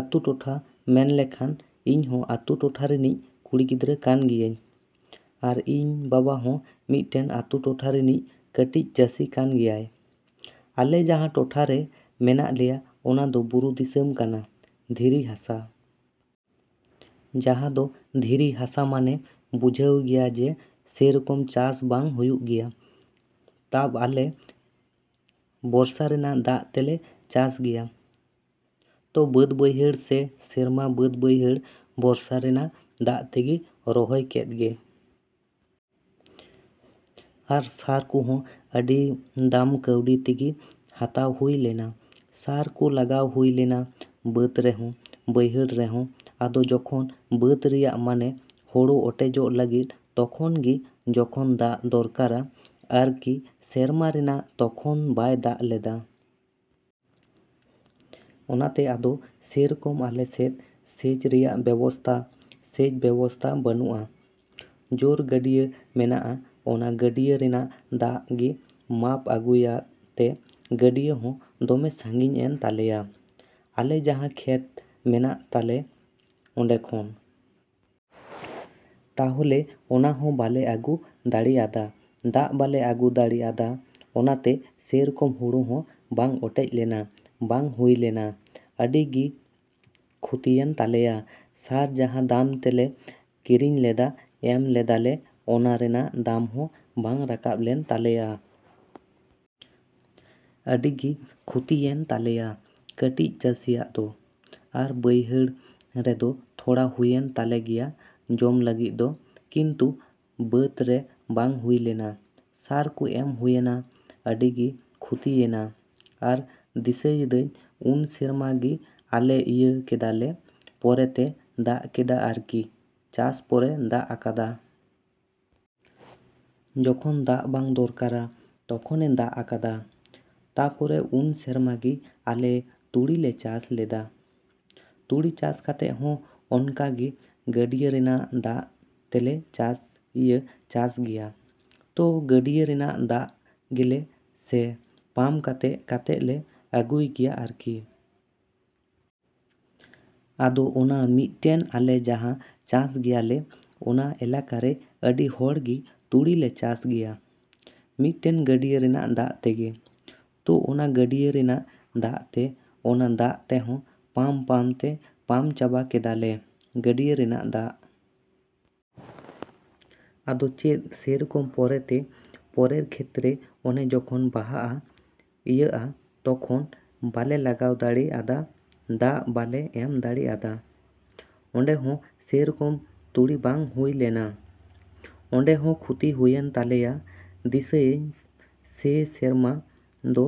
ᱟᱛᱳ ᱴᱚᱴᱷᱟ ᱢᱮᱱ ᱞᱮᱠᱷᱟᱱ ᱤᱧ ᱦᱚᱸ ᱟᱛᱳ ᱴᱚᱴᱷᱟ ᱨᱤᱱᱤᱡ ᱠᱩᱲᱤ ᱜᱤᱫᱽᱨᱟᱹ ᱠᱟᱱ ᱜᱤᱭᱟᱹᱧ ᱟᱨ ᱤᱧ ᱵᱟᱵᱟ ᱦᱚᱸ ᱢᱤᱫᱴᱮᱱ ᱟᱛᱳ ᱴᱚᱴᱷᱟ ᱨᱤᱱᱤᱡ ᱠᱟᱹᱴᱤᱡ ᱪᱟᱹᱥᱤ ᱠᱟᱱ ᱜᱮᱭᱟᱭ᱾ ᱟᱞᱮ ᱡᱟᱦᱟᱸ ᱴᱚᱴᱷᱟ ᱨᱮ ᱢᱮᱱᱟᱜ ᱞᱮᱭᱟ ᱚᱱᱟ ᱫᱚ ᱵᱩᱨᱩ ᱫᱤᱥᱚᱢ ᱠᱟᱱᱟ, ᱫᱷᱤᱨᱤ ᱦᱟᱥᱟ᱾ ᱡᱟᱦᱟᱸ ᱫᱚ ᱫᱷᱤᱨᱤ ᱦᱟᱥᱟ ᱢᱟᱱᱮ ᱵᱩᱡᱷᱟᱹᱣ ᱜᱮᱭᱟ ᱡᱮ ᱥᱮᱨᱚᱠᱚᱢ ᱪᱟᱥ ᱵᱟᱝ ᱦᱩᱭᱩᱜ ᱜᱮᱭᱟ᱾ ᱛᱟᱵᱽ ᱟᱞᱮ ᱵᱚᱨᱥᱟ ᱨᱮᱱᱟᱜ ᱫᱟᱜ ᱛᱮᱞᱮ ᱪᱟᱥ ᱜᱮᱭᱟ᱾ ᱛᱚ ᱵᱟᱸᱫᱽ ᱵᱟᱹᱭᱦᱟᱹᱲ ᱥᱮ ᱥᱮᱨᱢᱟ ᱵᱟᱹᱫᱽ ᱵᱟᱹᱭᱦᱟᱹᱲ ᱵᱚᱨᱥᱟ ᱨᱮᱱᱟᱜ ᱫᱟᱜ ᱛᱮᱞᱮ ᱨᱚᱦᱚᱭ ᱠᱮᱫ ᱜᱮ᱾ ᱟᱨ ᱥᱟᱨ ᱠᱚᱦᱚᱸ ᱟᱹᱰᱤ ᱫᱟᱢ ᱠᱟᱹᱣᱰᱤ ᱛᱮᱜᱮ ᱦᱟᱛᱟᱣ ᱦᱩᱭ ᱞᱮᱱᱟ᱾ ᱥᱟᱨ ᱠᱚ ᱞᱟᱜᱟᱣ ᱦᱩᱭ ᱞᱮᱱᱟ ᱵᱟᱸᱫᱽ ᱨᱮᱦᱚᱸ ᱵᱟᱹᱭᱦᱟᱹᱲ ᱨᱮᱦᱚᱸ᱾ ᱟᱫᱚ ᱡᱚᱠᱷᱚᱱ ᱵᱟᱹᱫᱽ ᱨᱮᱭᱟᱜ ᱢᱟᱱᱮ ᱦᱚᱲᱚ ᱚᱴᱮᱡᱚᱜ ᱞᱟᱹᱜᱤᱫ ᱛᱚᱠᱷᱚᱱ ᱜᱮ ᱡᱚᱠᱷᱚᱱ ᱫᱟᱜ ᱫᱚᱨᱠᱟᱨᱟ ᱟᱨᱠᱤ ᱥᱮᱨᱢᱟ ᱨᱮᱱᱟᱜ, ᱛᱚᱠᱷᱚᱱ ᱵᱟᱭ ᱫᱟᱜ ᱞᱮᱫᱟ᱾ ᱚᱱᱟᱛᱮ ᱟᱫᱚ ᱥᱮᱨᱚᱠᱚᱢ ᱟᱞᱮ ᱥᱮᱫ ᱥᱮᱪ ᱨᱮᱭᱟᱜ ᱵᱮᱵᱚᱥᱛᱷᱟ, ᱥᱮᱪ ᱵᱮᱵᱚᱥᱛᱷᱟ ᱵᱟᱹᱱᱩᱜᱼᱟ᱾ ᱡᱚᱨ ᱜᱟᱹᱰᱭᱟᱹ ᱢᱮᱱᱟᱜᱼᱟ, ᱚᱱᱟ ᱜᱟᱹᱰᱭᱟᱹ ᱨᱮᱱᱟᱜ ᱫᱟᱜ ᱜᱮ ᱯᱟᱢ ᱟᱹᱜᱩᱭᱟᱫ ᱛᱮ ᱜᱟᱹᱰᱭᱟᱹ ᱦᱚᱸ ᱫᱚᱢᱮ ᱥᱟᱹᱜᱤᱧ ᱮᱱ ᱛᱟᱞᱮᱭᱟ ᱟᱞᱮ ᱡᱟᱦᱟᱸ ᱠᱷᱮᱛ ᱢᱮᱱᱟᱜ ᱛᱟᱞᱮ ᱚᱸᱰᱮ ᱠᱷᱚᱱ᱾ ᱛᱟᱦᱚᱞᱮ ᱚᱱᱟ ᱦᱚᱸ ᱵᱟᱞᱮ ᱟᱹᱜᱩ ᱫᱟᱲᱮ ᱟᱫᱟ, ᱫᱟᱜ ᱵᱟᱞᱮ ᱟᱹᱜᱩ ᱫᱟᱲᱮ ᱟᱫᱟ᱾ ᱚᱱᱟᱛᱮ ᱥᱮᱨᱚᱠᱚᱢ ᱦᱚᱲᱚ ᱦᱚᱸ ᱵᱟᱝ ᱚᱴᱮᱡ ᱞᱮᱱᱟ, ᱵᱟᱝ ᱦᱩᱭ ᱞᱮᱱᱟ᱾ ᱟᱹᱰᱤ ᱜᱮ ᱠᱷᱚᱛᱤᱭᱮᱱ ᱛᱟᱞᱮᱭᱟ᱾ ᱥᱟᱨ ᱡᱟᱦᱟᱸ ᱫᱟᱢ ᱛᱮᱞᱮ ᱠᱤᱨᱤᱧ ᱞᱮᱫᱟ, ᱮᱢ ᱞᱮᱫᱟᱞᱮ, ᱚᱱᱟ ᱨᱮᱱᱟᱜ ᱫᱟᱢ ᱦᱚᱸ ᱵᱟᱝ ᱨᱟᱠᱟᱵᱽ ᱞᱮᱱ ᱛᱟᱞᱮᱭᱟ᱾ ᱟᱹᱰᱤ ᱜᱮ ᱠᱷᱚᱛᱤᱭᱮᱱ ᱛᱟᱞᱮᱭᱟ ᱠᱟᱹᱴᱤᱡ ᱪᱟᱹᱥᱤᱭᱟᱜ ᱫᱚ᱾ ᱟᱨ ᱵᱟᱹᱭᱦᱟᱹᱲ ᱨᱮᱫᱚ ᱛᱷᱚᱲᱟ ᱦᱩᱭᱮᱱ ᱛᱟᱞᱮ ᱜᱮᱭᱟ ᱡᱚᱢ ᱞᱟᱹᱜᱤᱫ ᱫᱚ ᱠᱤᱱᱛᱩ ᱵᱟᱸᱫᱽ ᱨᱮ ᱵᱟᱝ ᱦᱩᱭ ᱞᱮᱱᱟ᱾ ᱥᱟᱨ ᱠᱚ ᱮᱢ ᱦᱩᱭᱮᱱᱟ, ᱟᱹᱰᱤ ᱜᱮ ᱠᱷᱚᱛᱤᱭᱮᱱᱟ᱾ ᱟᱨ ᱫᱤᱥᱟᱹᱭᱮᱫᱟᱹᱧ ᱩᱱ ᱥᱮᱨᱢᱟ ᱜᱮ ᱟᱞᱮ ᱤᱭᱟᱹ ᱠᱮᱫᱟ ᱞᱮ, ᱯᱚᱨᱮ ᱛᱮ ᱫᱟᱜ ᱠᱮᱫᱟ ᱟᱨᱠᱤ, ᱪᱟᱥ ᱯᱚᱨᱮ ᱫᱟᱜ ᱟᱠᱟᱫᱟ᱾ ᱡᱚᱠᱷᱚᱱ ᱫᱟᱜ ᱵᱟᱝ ᱫᱚᱨᱠᱟᱨᱟ ᱛᱚᱠᱷᱚᱱᱮ ᱫᱟᱜ ᱟᱠᱟᱫᱟ᱾ ᱛᱟᱯᱚᱨᱮ ᱩᱱ ᱥᱮᱨᱢᱟ ᱜᱮ ᱟᱞᱮ ᱛᱩᱲᱤ ᱞᱮ ᱪᱟᱥ ᱞᱮᱫᱟ᱾ ᱛᱩᱲᱤ ᱪᱟᱥ ᱠᱟᱛᱮ ᱦᱚᱸ ᱚᱱᱠᱟ ᱜᱮ ᱜᱟᱹᱰᱭᱟᱹ ᱨᱮᱱᱟᱜ ᱫᱟᱜ ᱛᱮᱞᱮ ᱪᱟᱥ ᱤᱭᱟᱹ ᱪᱟᱥ ᱜᱮᱭᱟ᱾ ᱛᱚ ᱜᱟᱹᱰᱭᱟᱹ ᱨᱮᱱᱟᱜ ᱫᱟᱜ ᱜᱮᱞᱮ ᱥᱮ ᱯᱟᱢ ᱠᱟᱛᱮ ᱠᱟᱛᱮᱞᱮ ᱟᱹᱜᱩᱭ ᱜᱮᱭᱟ ᱟᱨᱠᱤ᱾ ᱟᱫᱚ ᱚᱱᱟ ᱢᱤᱫᱴᱮᱱ ᱟᱞᱮ ᱡᱟᱦᱟᱸ ᱪᱟᱥ ᱜᱮᱭᱟᱞᱮ ᱚᱱᱟ ᱮᱞᱟᱠᱟᱨᱮ ᱟᱹᱰᱤ ᱦᱚᱲ ᱜᱮ ᱛᱩᱲᱤ ᱞᱮ ᱪᱟᱥ ᱜᱮᱭᱟ ᱢᱤᱫᱴᱮᱱ ᱜᱟᱹᱰᱭᱟᱹ ᱨᱮᱱᱟᱜ ᱫᱟᱜ ᱛᱮᱜᱮ᱾ ᱛᱚ ᱚᱱᱟ ᱜᱟᱹᱰᱭᱟᱹ ᱨᱮᱱᱟᱜ ᱫᱟᱜ ᱛᱮ, ᱚᱱᱟ ᱫᱟᱜ ᱛᱮᱦᱚᱸ ᱯᱟᱢᱼᱯᱟᱢ ᱛᱮ ᱯᱟᱢ ᱪᱟᱵᱟ ᱠᱮᱫᱟ ᱞᱮ ᱜᱟᱹᱰᱭᱟᱹ ᱨᱮᱱᱟᱜ ᱫᱟᱜ᱾ ᱟᱫᱚ ᱪᱮᱫ ᱥᱮᱨᱚᱠᱚᱢ ᱯᱚᱨᱮ ᱛᱮ, ᱯᱚᱨᱮᱨ ᱠᱷᱮᱛᱨᱮ ᱚᱱᱮ ᱡᱚᱠᱷᱚᱱ ᱵᱟᱦᱟᱜᱼᱟ, ᱤᱭᱟᱹᱜᱼᱟ, ᱛᱚᱠᱷᱚᱱ ᱵᱟᱞᱮ ᱞᱟᱜᱟᱣ ᱫᱟᱲᱮ ᱟᱫᱟ, ᱫᱟᱜ ᱵᱟᱞᱮ ᱮᱢ ᱫᱟᱲᱮ ᱟᱫᱟ᱾ ᱚᱸᱰᱮᱦᱚᱸ ᱥᱮᱨᱚᱠᱚᱢ ᱛᱩᱲᱤ ᱵᱟᱝ ᱦᱩᱭ ᱞᱮᱱᱟ᱾ ᱚᱸᱰᱮᱦᱚᱸ ᱠᱷᱚᱛᱤ ᱦᱩᱭᱮᱱ ᱛᱟᱞᱮᱭᱟ᱾ ᱫᱤᱥᱟᱹᱤᱧ ᱥᱮ ᱥᱮᱨᱢᱟ ᱫᱚ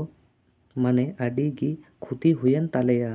ᱢᱟᱱᱮ ᱟᱹᱰᱤ ᱜᱮ ᱠᱷᱚᱛᱤ ᱦᱩᱭᱮᱱ ᱛᱟᱞᱮᱭᱟ᱾